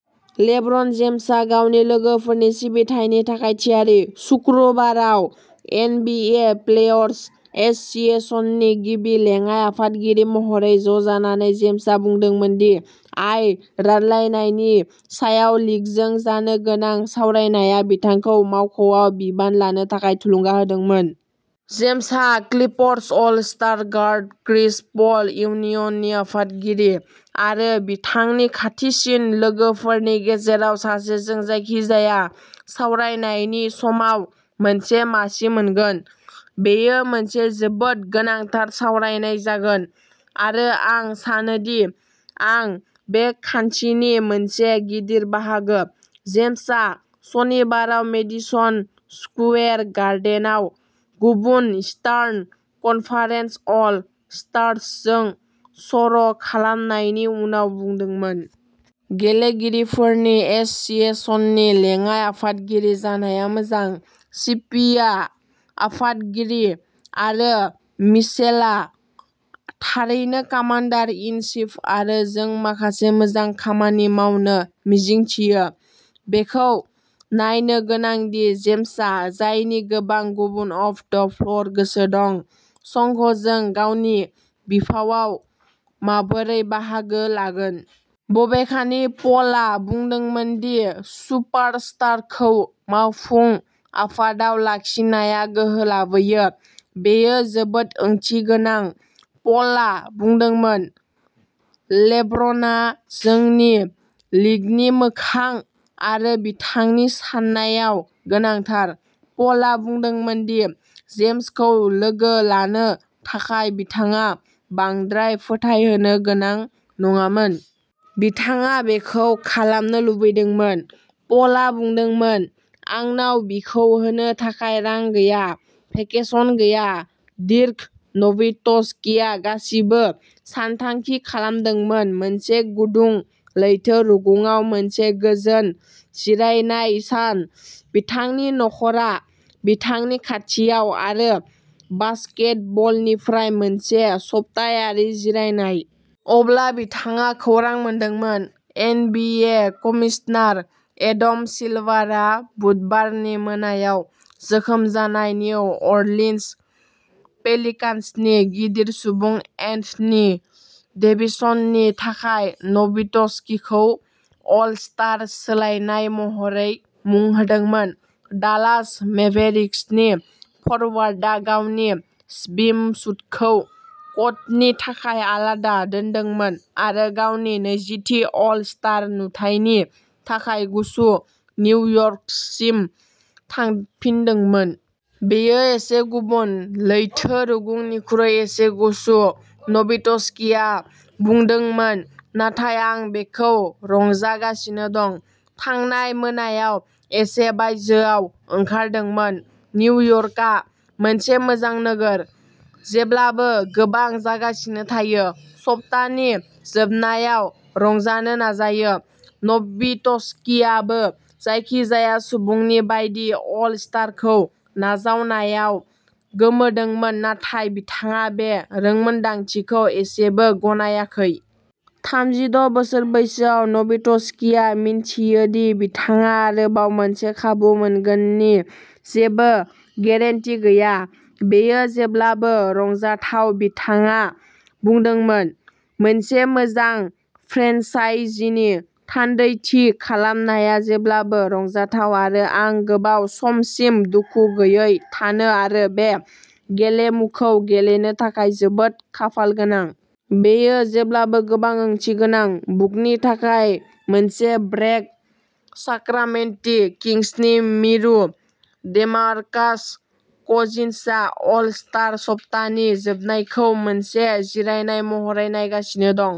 LeBron जेम्सआ गावनि लोगोफोरनि सिबिथायनि थाखाय थियारि। सुक्रुबाराव एन. बि. ए. प्लेयर्स एस'सिएशननि गिबि लेङाइ आफादगिरि महरै ज' जानानै, जेम्सआ बुंदोंमोन दि आय रानलायनायनि सायाव लीगजों जानो गोनां सावरायनाया बिथांखौ मावख'आव बिबान लानो थाखाय थुलुंगा होदोंमोन। जेम्सहा Clippers all star guard Chris Paul, इउनियननि आफादगिरि आरो बिथांनि खाथिसिन लोगोफोरनि गेजेराव सासेजों जायखिजाया सावरायनायनि समाव मोनसे मासि मोनगोन। "बेयो मोनसे जोबोद गोनांथार सावरायनाय जागोन, आरो आं सानोदि आं बे खान्थिनि मोनसे गिदिर बाहागो", जेम्सआ सनिबाराव मेडिसन स्कुवेर गार्डेनआव गुबुन इस्टार्न कनफारेन्स अल स्टार्सजों सर' खालामनायनि उनाव बुंदोंमोन। "गेलेगिरिफोरनि एस'सिएशननि लेङाइ आफादगिरि जानाया मोजां, सिपिआ आफादगिरि आरो मिशेलआ थारैनो कामान्डार इन चीफ, आरो जों माखासे मोजां खामानि मावनो मिजिंथियो। "बेखौ नायनो गोनां दि जेम्सआ, जायनि गोबां गुबुन अफ द फ्लोर गोसो दं, संघजों गावनि बिफावआव माबोरै बाहागो लागोन। बबेखानि, प'लआ बुंदोंमोन दि सुपारस्टारखौ मावफुं आफादाव लाखिनाया गोहो लाबोयो।" बेयो जोबोद ओंथिगोनां ", प'लआ बुंदोंमोन।" लेब्रनआ जोंनि लीगनि मोखां आरो बिथांनि साननाया गोनांथार। "प'लआ बुंदोंमोन दि जेम्सखौ लोगो लानो थाखाय बिथाङा बांद्राय फोथायहोनो गोनां नङामोन। बिथाङा बेखौ खालामनो लुबैदोंमोन", प'लआ बुंदोंमोन। "आंनाव बिखौ होनो थाखाय रां गैया।" भेकेशन गैया, डिर्क न'विट्ज्कीआ गासिबो सानथांखि खालामदोंमोन मोनसे गुदुं लैथो रुगुंआव मोनसे गोजोन जिरायनाय सान, बिथांनि न'खरा बिथांनि खाथियाव आरो बास्केटबलनिफ्राय मोनसे सप्तायारि जिरायनाय। अब्ला बिथाङा खौरां मोनदोंमोन। N. B. A. Commissioner Adam सिल्वारा बुधबारनि मोनायाव जोखोम जानाय निउ अरलिन्स पेलिकान्सनि गिदिर सुबुं एन्थनी डेभिसनि थाखाय न'विट्ज्कीखौ अल स्टार सोलायनाय महरै मुं होदोंमोन। डालास मेभेरिक्सनि फरवार्डआ गावनि स्विमसूटखौ क'टनि थाखाय आलादा दोनदोंमोन आरो गावनि नैजिथि अल स्टार नुथायनि थाखाय गुसु निउयर्कसिम थांफिनदोंमोन। "बेयो एसे गुबुन, लैथो रुगुंनिख्रुइ एसे गुसु", न'विट्ज्किआ बुंदोंमोन। "नाथाय आं बेखौ रंजागासिनो दं। थांनाय मोनायाव एसे बायजोआव ओंखारदोंमोन। निउयर्कआ मोनसे मोजां नोगोर। जेब्लाबो गोबां जागासिनो थायो। सप्तानि जोबनायाव रंजानो नाजायो।" न'विट्ज्किआबो जायखिजाया सुबुंनि बायदि अल स्टारखौ नाजावनायाव गोमोदोंमोन, नाथाय बिथाङा बे रोंमोनदांथिखौ एसेबो गनायाखै। थामजि द' बोसोर बैसोआव, न'विट्ज्किआ मिन्थियो दि बिथाङा आरोबाव मोनसे खाबु मोनगोननि जेबो गेरेन्टि गैया। "बेयो जेब्लाबो रंजाथाव", बिथाङा बुंदोंमोन। "मोनसे मोजां फ्रेन्चाइजीनि थान्दैथि खालामनाया जेब्लाबो रंजाथाव आरो आं गोबाव समसिम दुखु गैयै थानो आरो बे गेलेमुखौ गेलेनो थाखाय जोबोद खाफालगोनां। बेयो जेब्लाबो गोबां ओंथि गोनां।" बुकनि थाखाय मोनसे ब्रेक, साक्रामेन्टो किंग्सनि मिरु डेमार्कास कजिन्सआ अल स्टार सप्तानि जोबनायखौ मोनसे जिरायनाय महरै नायगासिनो दं।